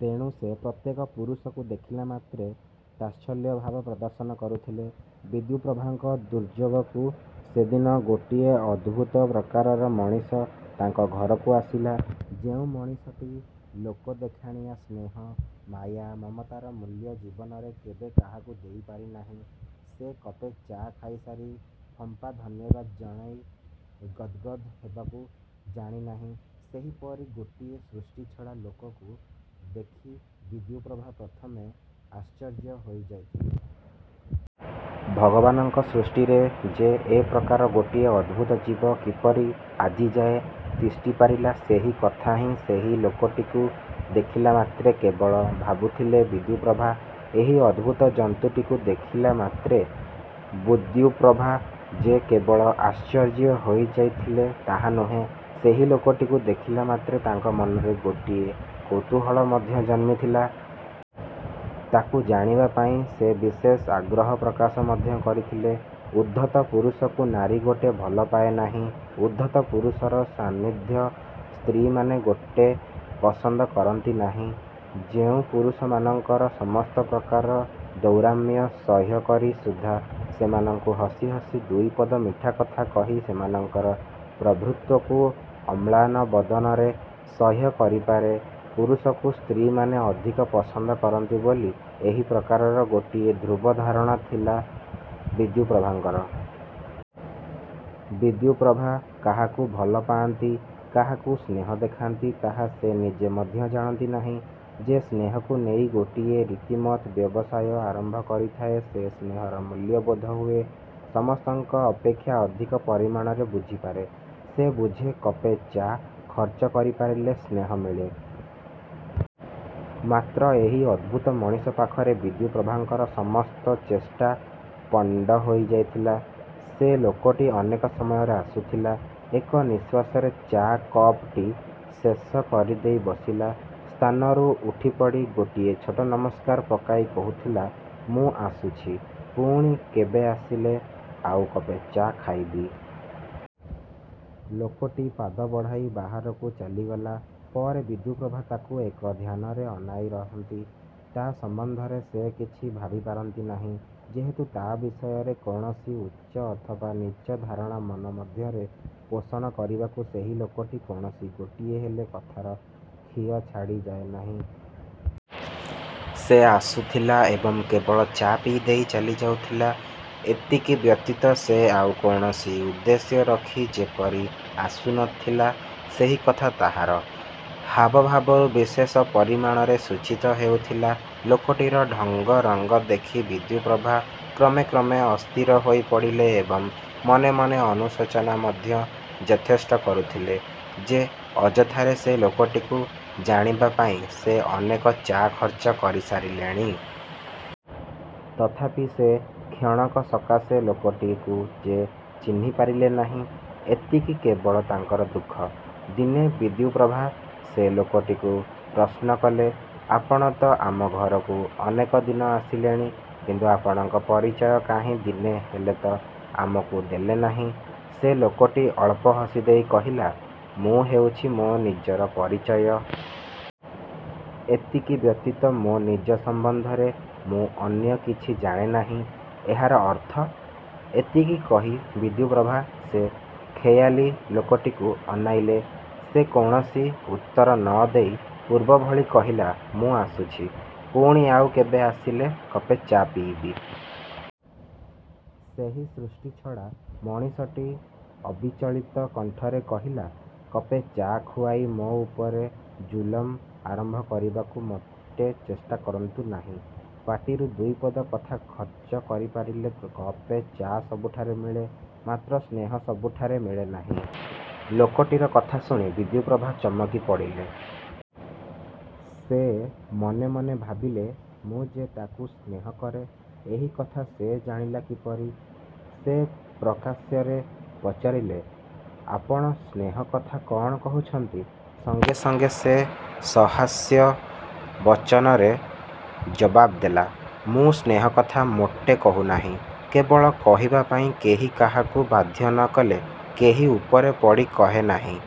ତେଣୁ ସେ ପ୍ରତ୍ୟେକ ପୁରୁଷକୁ ଦେଖିଲାମାତ୍ରେ ତାଚ୍ଛଲ୍ୟଭାବ ପ୍ରଦର୍ଶନ କରୁଥିଲେ। ବିଦ୍ୟୁପ୍ରଭାଙ୍କ ଦୁର୍ଯ୍ୟୋଗକୁ ସେଦିନ ଗୋଟିଏ ଅଦ୍ଭୁତ ପ୍ରକାରର ମଣିଷ ତାଙ୍କ ଘରକୁ ଆସିଲା। ଯେଉଁ ମଣିଷଟି ଲୋକଦେଖାଣିଆ ସ୍ନେହ, ମାୟା, ମମତାର ମୂଲ୍ୟ ଜୀବନରେ କେବେ କାହାକୁ ଦେଇ ପାରିନାହିଁ, ଯେ କପେ ଚା' ଖାଇସାରି ଫମ୍ପା ଧନ୍ୟବାଦ ଜଣାଇ ଗଦ୍ଗଦ୍ ହେବାକୁ ଜାଣିନାହିଁ ସେହିପରି ଗୋଟିଏ ସୃଷ୍ଟିଛଡ଼ା ଲୋକକୁ ଦେଖି ବିଦ୍ୟୁପ୍ରଭା ପ୍ରଥମେ ଆଶ୍ଚର୍ଯ୍ୟ ହୋଇଯାଇଥିଲେ। ଭଗବାନଙ୍କ ସୃଷ୍ଟିରେ ଯେ ଏପ୍ରକାର ଗୋଟିଏ ଅଦ୍ଭୁତଜୀବ କିପରି ଆଜିଯାଏ ତିଷ୍ଠିପାରିଲା ସେହି କଥା ହିଁ ସେହି ଲୋକଟିକୁ ଦେଖିଲାମାତ୍ରେ କେବଳ ଭାବୁଥିଲେ ବିଦ୍ୟୁପ୍ରଭା। ଏହି ଅଦ୍ଭୁତ ଜନ୍ତୁଟିକୁ ଦେଖିଲା ମାତ୍ରେ ବୁଦ୍ୟୁପ୍ରଭା ଯେ କେବଳ ଆଶ୍ଚର୍ଯ୍ୟ ହୋଇଯାଇଥିଲେ ତାହା ନୁହେଁ। ସେହି ଲୋକଟିକୁ ଦେଖିଲାମାତ୍ରେ ତାଙ୍କ ମନରେ ଗୋଟିଏ କୌତୂହଳ ମଧ୍ୟ ଜନ୍ମିଥିଲା। ତାକୁ ଜାଣିବା ପାଇଁ ସେ ବିଶେଷ ଆଗ୍ରହ ପ୍ରକାଶ ମଧ୍ୟ କରିଥିଲେ। ଉଦ୍ଧତ ପୁରୁଷକୁ ନାରୀ ମୋଟେ ଭଲପାଏ ନାହିଁ। ଉଦ୍ଧତ ପୁରୁଷର ସାନ୍ନିଧ୍ୟ ସ୍ତ୍ରୀମାନେ ମୋଟେ ପସନ୍ଦ କରନ୍ତି ନାହିଁ। ଯେଉଁ ପୁରୁଷ ସେମାନଙ୍କର ସମସ୍ତ ପ୍ରକାର ଦୌରାତ୍ମ୍ୟ ସହ୍ୟକରି ସୁଦ୍ଧା ସେମାନଙ୍କୁ ହସି ହସି ଦୁଇପଦ ମିଠାକଥା କହି ସେମାନଙ୍କର ପ୍ରଭୃତ୍ୱକୁ ଅମ୍ଳାନ ବଦନରେ ସହ୍ୟ କରିପାରେ ପୁରୁଷକୁ ସ୍ତ୍ରୀମାନେ ଅଧିକ ପସନ୍ଦ କରନ୍ତି ବୋଲି ଏହି ପ୍ରକାରର ଗୋଟିଏ ଧ୍ରୁବ ଧାରଣା ଥିଲା ବିଦ୍ୟୁପ୍ରଭାଙ୍କର। ବିଦ୍ୟୁପ୍ରଭା କାହାକୁ ଭଲ ପାଆନ୍ତି, କାହାକୁ ସ୍ନେହ ଦେଖାନ୍ତି ତାହା ସେ ନିଜେ ମଧ୍ୟ ଜାଣନ୍ତି ନାହିଁ। ଯେ ସ୍ନେହକୁ ନେଇ ଗୋଟିଏ ରିତିମତ୍ ବ୍ୟବସାୟ ଆରମ୍ଭ କରିଥାଏ ସେ ସ୍ନେହର ମୂଲ୍ୟ ବୋଧହୁଏ ସମସ୍ତଙ୍କ ଅପେକ୍ଷା ଅଧିକ ପରିମାଣରେ ବୁଝିପାରେ। ସେ ବୁଝେ କପେ ଚା' ଖର୍ଚ୍ଚ କରିପାରିଲେ ସ୍ନେହ ମିଳେ। ମାତ୍ର ଏହି ଅଦ୍ଭୁତ ମଣିଷ ପାଖରେ ବିଦ୍ୟୁପ୍ରଭାଙ୍କର ସମସ୍ତ ଚେଷ୍ଟା ପଣ୍ଡ ହୋଇଯାଇଥିଲା। ସେ ଲୋକଟି ଅନେକ ସମୟରେ ଆସୁଥିଲା। ଏକ ନିଶ୍ୱାସରେ ଚା' କପଟି ଶେଷ କରିଦେଇ ବସିଲା ସ୍ଥାନରୁ ଉଠିପଡ଼ି ଗୋଟିଏ ଛୋଟ ନମସ୍କାର ପକାଇ କହୁଥିଲା, ''ମୁଁ ଆସୁଛି। ପୁଣି କେବେ ଆସିଲେ ଆଉ କପେ ଚା' ଖାଇବି। '' ଲୋକଟି ପାଦ ବଢ଼ାଇ ବାହାରକୁ ଚାଲିଗଲା ପରେ ବିଦ୍ୟୁପ୍ରଭା ତାକୁ ଏକ ଧ୍ୟାନରେ ଅନାଇରହନ୍ତି। ତା' ସମ୍ବନ୍ଧରେ ସେ କିଛି ଭାବିପାରନ୍ତି ନାହିଁ, ଯେହେତୁ ତା' ବିଷୟରେ କୌଣସି ଉଚ୍ଚ ଅଥବା ନୀଚ ଧାରଣା ମନ ମଧ୍ୟରେ ପୋଷଣ କରିବାକୁ ସେହି ଲୋକଟି କୌଣସି ଗୋଟିଏହେଲେ କଥାର ଖିଅ ଛାଡ଼ି ଯାଏନାହିଁ। ସେ ଆସୁଥିଲା ଏବଂ କେବଳ ଚା' ପିଇ ଦେଇ ଚାଲି ଯାଉଥିଲା। ଏତିକି ବ୍ୟତୀତ ସେ ଆଉ କୌଣସି ଉଦ୍ଦେଶ୍ୟ ରଖି ଯେପରି ଆସୁନଥିଲା ସେହିକଥା ତାହାର। ହାବଭାବରୁ ବିଶେଷ ପରିମାଣରେ ସୂଚିତ ହେଉଥିଲା। ଲୋକଟିର ଢଙ୍ଗ ରଙ୍ଗ ଦେଖି ବିଦ୍ୟୁପ୍ରଭା କ୍ରମେ କ୍ରମେ ଅସ୍ଥିର ହୋଇ ପଡ଼ିଲେ ଏବଂ ମନେମନେ ଅନୁଶୋଚନା ମଧ୍ୟ ଯଥେଷ୍ଟ କରୁଥିଲେ ଯେ ଅଯଥାରେ ସେ ଲୋକଟିକୁ ଜାଣିବା ପାଇଁ ସେ ଅନେକ ଚା' ଖର୍ଚ୍ଚ କରି ସାରିଲେଣି। ତଥାପି ସେ କ୍ଷଣକ ସକାଶେ ଲୋକଟିକୁ ଯେ ଚିହ୍ନି ପାରିଲେ ନାହିଁ। ଏତିକି କେବଳ ତାଙ୍କର ଦୁଃଖ। ଦିନେ ବିଦ୍ୟୁପ୍ରଭା ସେ ଲୋକଟିକୁ ପ୍ରଶ୍ନକଲେ, ''ଆପଣତ ଆମ ଘରକୁ ଅନେକଦିନ ଆସିଲେଣି କିନ୍ତୁ ଆପଣଙ୍କ ପରିଚୟ କାହିଁ ଦିନେ ହେଲେତ ଆମକୁ ଦେଲେନାହିଁ? '' ସେ ଲୋକଟି ଅଳ୍ପ ହସିଦେଇ କହିଲା, ''ମୁଁ ହେଉଛି ମୋ ନିଜର ପରିଚୟ। ଏତିକି ବ୍ୟତୀତ ମୋ ନିଜ ସମ୍ବନ୍ଧରେ ମୁଁ ଅନ୍ୟକିଛି ଜାଣେ ନାହିଁ। '' 'ଏହାର ଅର୍ଥ? ' ଏତିକି କହି ବିଦ୍ୟୁପ୍ରଭା ସେ ଖେୟାଲୀ ଲୋକଟିକୁ ଅନାଇଲେ। ସେ କୌଣସି ଉତ୍ତର ନ ଦେଇ ପୂର୍ବଭଳି କହିଲା, ''ମୁଁ ଆସୁଛି। ପୁଣି ଆଉ କେବେ ଆସିଲେ କପେ ଚା' ପିଇବି। '' ସେହି ସୃଷ୍ଟିଛଡ଼ା ମଣିଷଟି ଅବିଚଳିତ କଣ୍ଠରେ କହିଲା, ''କପେ ଚା' ଖୁଆଇ ମୋ ଉପରେ ଜୁଲୁମ ଆରମ୍ଭ କରିବାକୁ ମୋଟେ ଚେଷ୍ଟାକରନ୍ତୁ ନାହିଁ। ପାଟିରୁ ଦୁଇପଦ କଥା ଖର୍ଚ୍ଚ କରିପାରିଲେ କପେ ଚା' ସବୁଠାରେ ମିଳେ; ମାତ୍ର ସ୍ନେହ ସବୁଠାରେ ମିଳେନାହିଁ। '' ଲୋକଟିର କଥା ଶୁଣି ବିଦ୍ୟୁପ୍ରଭା ଚମକି ପଡ଼ିଲେ। ସେ ମନେମନେ ଭାବିଲେ ମୁଁ ଯେ ତାକୁ ସ୍ନେହକରେ ଏହି କଥା ସେ ଜାଣିଲା କିପରି? ସେ ପ୍ରକାଶ୍ୟରେ ପଚାରିଲେ, ''ଆପଣ ସ୍ନେହ କଥା କ'ଣ କହୁଛନ୍ତି? '' ସଙ୍ଗେ ସଙ୍ଗେ ସେ ସହାସ୍ୟ ବଚନରେ ଜବାବ୍ ଦେଲା, ''ମୁଁ ସ୍ନେହକଥା ମୋଟେ କହୁନାହିଁ। କେବଳ କହିବା ପାଇଁ କେହି କାହାକୁ ବାଧ୍ୟ ନ କଲେ କେହି ଉପରେ ପଡ଼ି କହେ ନାହିଁ-।